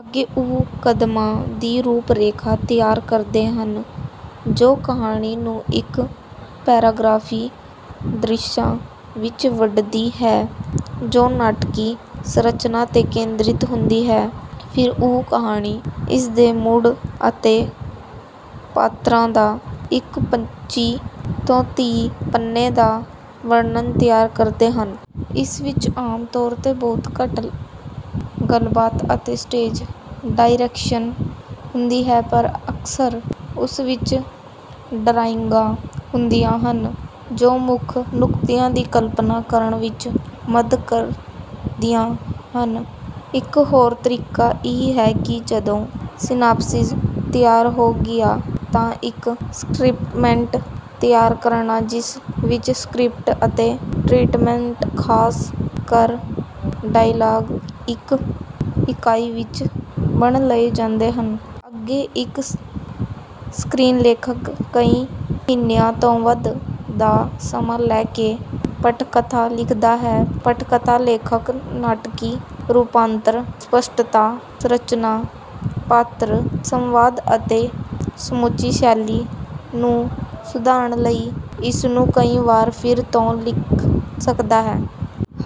ਅੱਗੇ ਉਹ ਕਦਮਾਂ ਦੀ ਰੂਪ-ਰੇਖਾ ਤਿਆਰ ਕਰਦੇ ਹਨ, ਜੋ ਕਹਾਣੀ ਨੂੰ ਇੱਕ-ਪੈਰਾਗ੍ਰਾਫ਼ੀ ਦ੍ਰਿਸ਼ਾਂ ਵਿੱਚ ਵੰਡਦੀ ਹੈ ਜੋ ਨਾਟਕੀ ਸੰਰਚਨਾ 'ਤੇ ਕੇਂਦ੍ਰਿਤ ਹੁੰਦੀ ਹੈ। ਫਿਰ, ਉਹ ਕਹਾਣੀ, ਇਸ ਦੇ ਮੂਡ ਅਤੇ ਪਾਤਰਾਂ ਦਾ ਇੱਕ ਪੱਚੀ ਤੋਂ ਤੀਂਹ ਪੰਨੇ ਦਾ ਵਰਣਨ ਤਿਆਰ ਕਰਦੇ ਹਨ। ਇਸ ਵਿੱਚ ਆਮ ਤੌਰ 'ਤੇ ਬਹੁਤ ਘੱਟ ਗੱਲਬਾਤ ਅਤੇ ਸਟੇਜ ਡਾਇਰੈਕਸ਼ਨ ਹੁੰਦੀ ਹੈ, ਪਰ ਅਕਸਰ ਉਸ ਵਿੱਚ ਡਰਾਇੰਗਾਂ ਹੁੰਦੀਆਂ ਹਨ ਜੋ ਮੁੱਖ ਨੁਕਤਿਆਂ ਦੀ ਕਲਪਨਾ ਕਰਨ ਵਿੱਚ ਮਦ ਕਰਦੀਆਂ ਹਨ। ਇੱਕ ਹੋਰ ਤਰੀਕਾ ਇਹ ਹੈ ਕਿ ਜਦੋਂ ਸਿਨਾਪਸਿਸ ਤਿਆਰ ਹੋ ਗਿਆ ਤਾਂ ਇੱਕ ਸਕ੍ਰਿਪਟਮੈਂਟ ਤਿਆਰ ਕਰਨਾ ਜਿਸ ਵਿੱਚ ਸਕ੍ਰਿਪਟ ਅਤੇ ਟਰੀਟਮੈਂਟ ਖ਼ਾਸ ਕਰ ਡਾਇਲਾਗ ਇੱਕ ਇਕਾਈ ਵਿੱਚ ਬੰਨ੍ਹ ਲਏ ਜਾਂਦੇ ਹਨ। ਅੱਗੇ, ਇੱਕ ਸਕ੍ਰੀਨਲੇਖਕ ਕਈ ਮਹੀਨਿਆਂ ਤੋਂ ਵੱਧ ਦਾ ਸਮਾਂ ਲੈ ਕੇ ਪਟਕਥਾ ਲਿਖਦਾ ਹੈ। ਪਟਕਥਾ ਲੇਖਕ ਨਾਟਕੀ ਰੂਪਾਂਤਰ, ਸਪਸ਼ਟਤਾ, ਸੰਰਚਨਾ, ਪਾਤਰ, ਸੰਵਾਦ ਅਤੇ ਸਮੁੱਚੀ ਸ਼ੈਲੀ ਨੂੰ ਸੁਧਾਰਨ ਲਈ ਇਸਨੂੰ ਕਈ ਵਾਰ ਫਿਰ ਤੋਂ ਲਿਖ ਸਕਦਾ ਹੈ।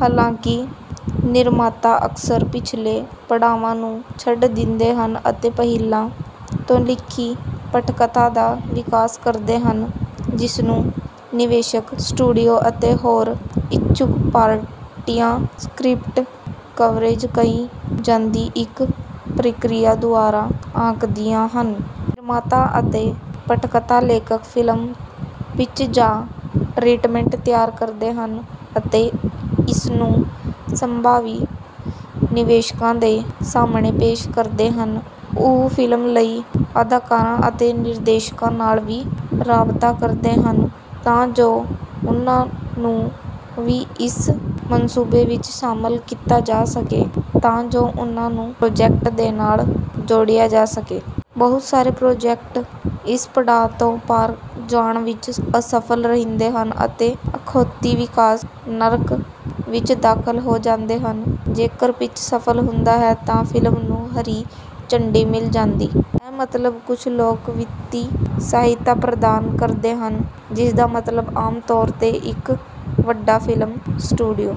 ਹਾਲਾਂਕਿ, ਨਿਰਮਾਤਾ ਅਕਸਰ ਪਿਛਲੇ ਪੜਾਵਾਂ ਨੂੰ ਛੱਡ ਦਿੰਦੇ ਹਨ ਅਤੇ ਪਹਿਲਾਂ ਤੋਂ ਲਿਖੀ ਪਟਕਥਾ ਦਾ ਵਿਕਾਸ ਕਰਦੇ ਹਨ ਜਿਸਨੂੰ ਨਿਵੇਸ਼ਕ, ਸਟੂਡੀਓ ਅਤੇ ਹੋਰ ਇੱਛੁਕ ਪਾਰਟੀਆਂ ਸਕ੍ਰਿਪਟ ਕਵਰੇਜ ਕਹੀ ਜਾਂਦੀ ਇੱਕ ਪ੍ਰਕਿਰਿਆ ਦੁਆਰਾ ਆਂਕਦੀਆਂ ਹਨ। ਨਿਰਮਾਤਾ ਅਤੇ ਪਟਕਥਾ ਲੇਖਕ ਫ਼ਿਲਮ ਪਿੱਚ ਜਾਂ ਟਰੀਟਮੈਂਟ ਤਿਆਰ ਕਰਦੇ ਹਨ ਅਤੇ ਇਸਨੂੰ ਸੰਭਾਵੀ ਨਿਵੇਸ਼ਕਾਂ ਦੇ ਸਾਹਮਣੇ ਪੇਸ਼ ਕਰਦੇ ਹਨ। ਉਹ ਫ਼ਿਲਮ ਲਈ ਅਦਾਕਾਰਾਂ ਅਤੇ ਨਿਰਦੇਸ਼ਕਾਂ ਨਾਲ ਵੀ ਰਾਬਤਾ ਕਰਦੇ ਹਨ ਤਾਂ ਜੋ ਉਨ੍ਹਾਂ ਨੂੰ ਵੀ ਇਸ ਮਨਸੂਬੇ ਵਿੱਚ ਸ਼ਾਮਲ ਕੀਤਾ ਜਾ ਸਕੇ ਤਾਂ ਜੋ ਉਹਨਾਂ ਨੂੰ ਪ੍ਰੋਜੈਕਟ ਦੇ ਨਾਲ ਜੋੜਿਆ ਜਾ ਸਕੇ। ਬਹੁਤ ਸਾਰੇ ਪ੍ਰੋਜੈਕਟ ਇਸ ਪੜਾਅ ਤੋਂ ਪਾਰ ਜਾਣ ਵਿੱਚ ਅਸਫਲ ਰਹਿੰਦੇ ਹਨ ਅਤੇ ਅਖੌਤੀ ਵਿਕਾਸ ਨਰਕ ਵਿੱਚ ਦਾਖ਼ਲ ਹੋ ਜਾਂਦੇ ਹਨ। ਜੇਕਰ ਪਿੱਚ ਸਫਲ ਹੁੰਦਾ ਹੈ ਤਾਂ ਫ਼ਿਲਮ ਨੂੰ ਹਰੀ ਝੰਡੀ ਮਿਲ ਜਾਂਦੀ ਹੈ, ਮਤਲਬ ਕੁਝ ਲੋਕ ਵਿੱਤੀ ਸਹਾਇਤਾ ਪ੍ਰਦਾਨ ਕਰਦੇ ਹਨ ਜਿਸਦਾ ਮਤਲਬ ਆਮ ਤੌਰ 'ਤੇ ਇੱਕ ਵੱਡਾ ਫ਼ਿਲਮ ਸਟੂਡੀਓ